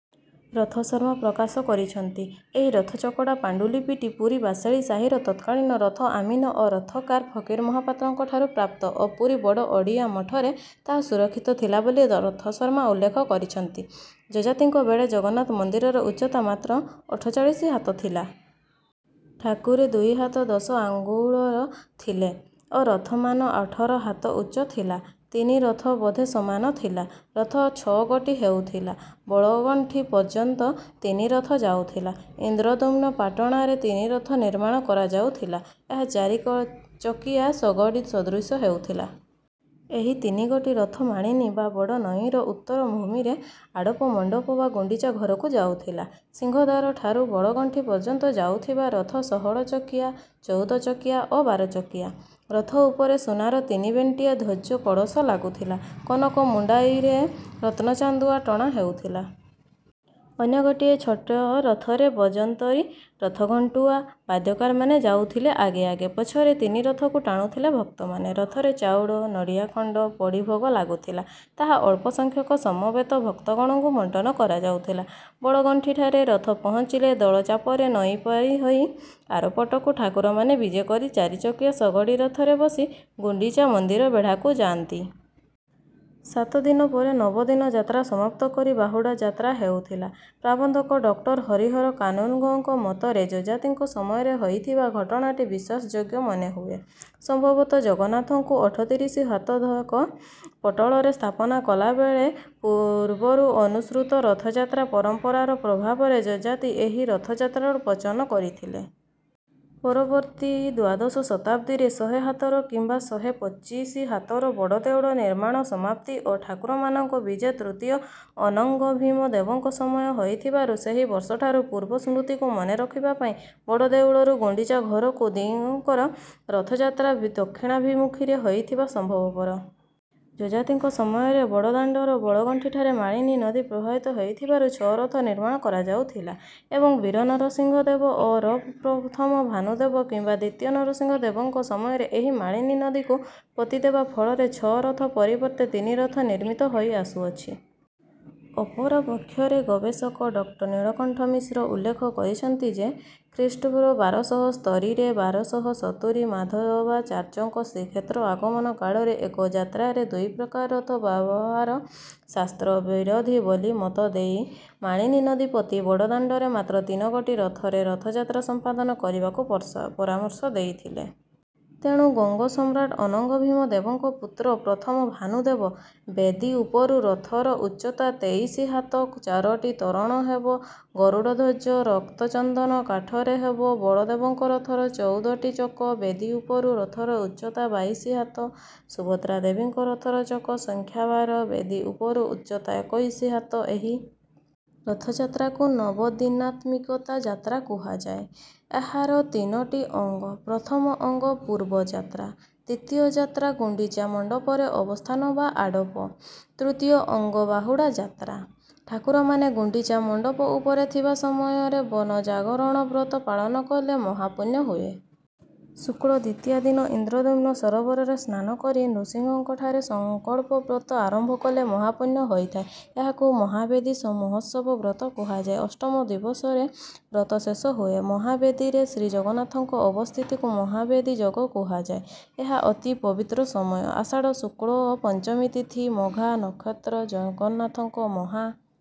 ରଥଶର୍ମା ପ୍ରକାଶ କରିଛନ୍ତି। ଏହି ରଥଚକଡ଼ା ପାଣ୍ଡୁଲିପିଟି ପୁରୀ ବାସେଳି ସାହିର ତତ୍କାଳୀନ ରଥ ଅମୀନ ଓ ରଥକାର ଫକୀର ମହାପାତ୍ରଙ୍କଠାରୁ ପ୍ରାପ୍ତ ଓ ପୁରୀ ବଡ଼ ଓଡ଼ିଆ ମଠରେ ତାହା ସୁରକ୍ଷିତ ଥିଲା ବୋଲି ରଥଶର୍ମା ଉଲ୍ଲେଖ କରିଛନ୍ତି। ଯଯାତିଙ୍କ ବେଳେ ଜଗନ୍ନାଥ ମନ୍ଦିରର ଉଚ୍ଚତା ମାତ୍ର ଅଠଚାଳିଶି ହାତ ଥିଲା। ଠାକୁରେ ଦୁଇ ହାତ ଦଶ ଆଙ୍ଗୁଳର ଥିଲେ ଓ ରଥମାନ ଅଠର ହାତ ଉଚ୍ଚ ଥିଲା। ତିନି ରଥ ବୋଧେ ସମାନ ଥିଲା। ରଥ ଛଅଗୋଟି ହେଉଥିଲା। ବଳଗଣ୍ଡି ପର୍ଯ୍ୟନ୍ତ ତିନି ରଥ ଯାଉଥିଲା। ଇନ୍ଦ୍ରଦ୍ୟୁମ୍ନ ପାଟଣାରେ ତିନି ରଥ ନିର୍ମାଣ କରାଯାଉଥିଲା। ଏହା ଚାରିଚକିଆ ଶଗଡ଼ି ସଦୃଶ ହେଉଥିଲା। ଏହି ତିନିଗୋଟି ରଥ ମାଳିନୀ ବା ବଡ଼ନଈର ଉତ୍ତର ଭୂମିରେ ଆଡ଼ପ ମଣ୍ଡପ ବା ଗୁଣ୍ଡିଚା ଘରକୁ ଯାଉଥିଲା। ସିଂହଦ୍ୱାରଠାରୁ ବଳଗଣ୍ଡି ପର୍ଯ୍ୟନ୍ତ ଯାଉଥିବା ରଥ ଷୋହଳଚକିଆ, ଚଉଦଚକିଆ ଓ ବାରଚକିଆ। ରଥ ଉପରେ ସୁନାର ତିନିବେଣ୍ଟିଆ ଧ୍ୱଜ କଳସ ଲାଗୁଥିଲା। କନକ ମୁଣ୍ଡାଇରେ ରତ୍ନ ଚାନ୍ଦୁଆ ଟଣା ହେଉଥିଲା। ଅନ୍ୟ ଗୋଟିଏ ଛୋଟ ରଥରେ ବଜନ୍ତରି, ରଥ ଘଣ୍ଟୁଆ, ବାଦ୍ୟକାରମାନେ ଯାଉଥିଲେ ଆଗେ ଆଗେ। ପଛରେ ତିନି ରଥକୁ ଟାଣୁଥିଲେ ଭକ୍ତମାନେ। ରଥରେ ଚାଉଳ, ନଡ଼ିଆ ଖଣ୍ଡ ପଡ଼ି ଭୋଗ ଲାଗୁଥିଲା। ତାହା ଅଳ୍ପ ସଂଖ୍ୟକ ସମବେତ ଭକ୍ତଗଣଙ୍କୁ ବଣ୍ଟନ କରାଯାଉଥିଲା। ବଳଗଣ୍ଡିଠାରେ ରଥ ପହଞ୍ଚିଲେ ଦୋଳଚାପରେ ନଈ ପାରି ହୋଇ ଆରପଟକୁ ଠାକୁରମାନେ ବିଜେ କରି ଚାରିଚକିଆ ଶଗଡ଼ି ରଥରେ ବସି ଗୁଣ୍ଡିଚା ମନ୍ଦିର ବେଢ଼ାକୁ ଯାଆନ୍ତି। ସାତ ଦିନ ପରେ ନବଦିନ ଯାତ୍ରା ସମାପ୍ତ କରି ବାହୁଡ଼ା ଯାତ୍ରା ହେଉଥିଲା ପ୍ରାବନ୍ଧକ ଡକ୍ଟର ହରିହର କାନୁନ୍‌ଗୋଙ୍କ ମତରେ ଯଯାତିଙ୍କ ସମୟରେ ହୋଇଥିବା ଘଟଣାଟି ବିଶ୍ୱାସଯୋଗ୍ୟ ମନେହୁଏ। ସମ୍ଭବତଃ ଜଗନ୍ନାଥଙ୍କୁ ଅଠତିରିଶି ହାତର ଏକ ପଟୋଳରେ ସ୍ଥାପନା କଲା ବେଳେ ପୂର୍ବରୁ ଅନୁସୃତ ରଥଯାତ୍ରା ପରମ୍ପରାର ପ୍ରଭାବରେ ଯଯାତି ଏହି ରଥଯାତ୍ରାର ପ୍ରଚଳନ କରିଥିଲେ। ପରବର୍ତ୍ତୀ ଦ୍ୱାଦଶ ଶତାବ୍ଦୀରେ ଶହେ ହାତର କିମ୍ବା ଶହେ ପଚିଶି ହାତର ବଡ଼ଦେଉଳ ନିର୍ମାଣ ସମାପ୍ତି ଓ ଠାକୁରମାନଙ୍କ ବିଜେ ତୃତୀୟ ଅନଙ୍ଗଭୀମ ଦେବଙ୍କ ସମୟ ହୋଇଥିବାରୁ ସେହି ବର୍ଷଠାରୁ ପୂର୍ବ ସ୍ମୃତିକୁ ମନେ ରଖିବା ପାଇଁ ବଡ଼ଦେଉଳରୁ ଗୁଣ୍ଡିଚା ଘରକୁ ଦିଅଁଙ୍କର ରଥଯାତ୍ରା ଦକ୍ଷିଣାଭିମୁଖୀରେ ହୋଇଥିବା ସମ୍ଭବପର। ଯଯାତିଙ୍କ ସମୟରେ ବଡ଼ଦାଣ୍ଡର ବଳଗଣ୍ଡିଠାରେ ମାଳିନୀ ନଦୀ ପ୍ରବାହିତ ହେଉଥିବାରୁ ଛଅ ରଥ ନିର୍ମାଣ କରାଯାଉଥିଲା ଏବଂ ବୀର ନରସିଂହ ଦେବ ଓରଫ ପ୍ରଥମ ଭାନୁଦେବ କିମ୍ବା ଦ୍ୱିତୀୟ ନରସିଂହ ଦେବଙ୍କ ସମୟରେ ଏହି ମାଳିନୀ ନଦୀକୁ ପୋତି ଦେବା ଫଳରେ ଛଅ ରଥ ପରିବର୍ତ୍ତେ ତିନି ରଥ ନିର୍ମିତ ହୋଇ ଆସୁଅଛି। ଅପରପକ୍ଷରେ ଗବେଷକ ଡଃ ନୀଳକଣ୍ଠ ମିଶ୍ର ଉଲ୍ଲେଖ କରିଛନ୍ତି ଯେ, ଖ୍ରୀ.ଅ. ବାରଶହ ସ୍ତରୀରେ ବାରଶହସତୁରି ମାଧବାଚାର୍ଯ୍ୟଙ୍କ ଶ୍ରୀକ୍ଷେତ୍ର ଆଗମନ କାଳରେ ଏକ ଯାତ୍ରାରେ ଦୁଇ ପ୍ରକାର ରଥ ବ୍ୟବହାର ଶାସ୍ତ୍ର-ବିରୋଧୀ ବୋଲି ମତ ଦେଇ ମାଳିନୀ ନଦୀ ପୋତି ବଡ଼ଦାଣ୍ଡରେ ମାତ୍ର ତିନିଗୋଟି ରଥରେ ରଥଯାତ୍ରା ସମ୍ପାଦନ କରିବାକୁ ପରାମର୍ଶ ଦେଇଥିଲେ। ତେଣୁ ଗଙ୍ଗ ସମ୍ରାଟ ଅନଙ୍ଗ ଭୀମ ଦେବଙ୍କ ପୁତ୍ର ପ୍ରଥମ ଭାନୁଦେବ, ବେଦୀ ଉପରୁ ରଥର ଉଚ୍ଚତା ତେଇଶି ହାତ, ଚାରୋଟି ତୋରଣ ହେବ। ଗରୁଡ଼ଧ୍ୱଜ ରକ୍ତଚନ୍ଦନ କାଠରେ ହେବ। ବଳଦେବଙ୍କ ରଥର ଚଉଦଟି ଚକ, ବେଦୀ ଉପରୁ ରଥର ଉଚ୍ଚତା ବାଇଶି ହାତ। ସୁଭଦ୍ରା ଦେବୀଙ୍କ ରଥର ଚକ ସଂଖ୍ୟା ବାର, ବେଦୀ ଉପରୁ ଉଚ୍ଚତା ଏକୋଇଶି ହାତ। ଏହି ରଥଯାତ୍ରାକୁ ନବଦିନାତ୍ମିକା ଯାତ୍ରା କୁହାଯାଏ। ଏହାର ତିନୋଟି ଅଙ୍ଗ: ପ୍ରଥମ ଅଙ୍ଗ ପୂର୍ବ ଯାତ୍ରା, ଦ୍ୱିତୀୟ ଯାତ୍ରା ଗୁଣ୍ଡିଚା ମଣ୍ଡପରେ ଅବସ୍ଥାନ ବା ଆଡ଼ପ, ତୃତୀୟ ଅଙ୍ଗ ବାହୁଡ଼ା ଯାତ୍ରା। ଠାକୁରମାନେ ଗୁଣ୍ଡିଚା ମଣ୍ଡପ ଉପରେ ଥିବା ସମୟରେ ବନ ଜାଗରଣ ବ୍ରତ ପାଳନ କଲେ ମହାପୁଣ୍ୟ ହୁଏ। ଶୁକ୍ଳ ଦ୍ୱିତୀୟା ଦିନ ଇନ୍ଦ୍ରଦ୍ୟୁମ୍ନ ସରୋବରରେ ସ୍ନାନ କରି ନୃସିଂହଙ୍କଠାରେ ସଂକଳ୍ପ ବ୍ରତ ଆରମ୍ଭ କଲେ ମହାପୁଣ୍ୟ ହୋଇଥାଏ। ଏହାକୁ ମହାବେଦୀ ମହୋତ୍ସବ ବ୍ରତ କୁହାଯାଏ। ଅଷ୍ଟମ ଦିବସରେ ବ୍ରତ ଶେଷ ହୁଏ। ମହାବେଦୀରେ ଶ୍ରୀଜଗନ୍ନାଥଙ୍କ ଅବସ୍ଥିତିକୁ ମହାବେଦୀ ଯୋଗ କୁହାଯାଏ। ଏହା ଅତି ପବିତ୍ର ସମୟ। ଆଷାଢ଼ ଶୁକ୍ଳ ପଞ୍ଚମୀ ତିଥି, ମଘା ନକ୍ଷତ୍ର, ଜଗନ୍ନାଥଙ୍କ ମହା...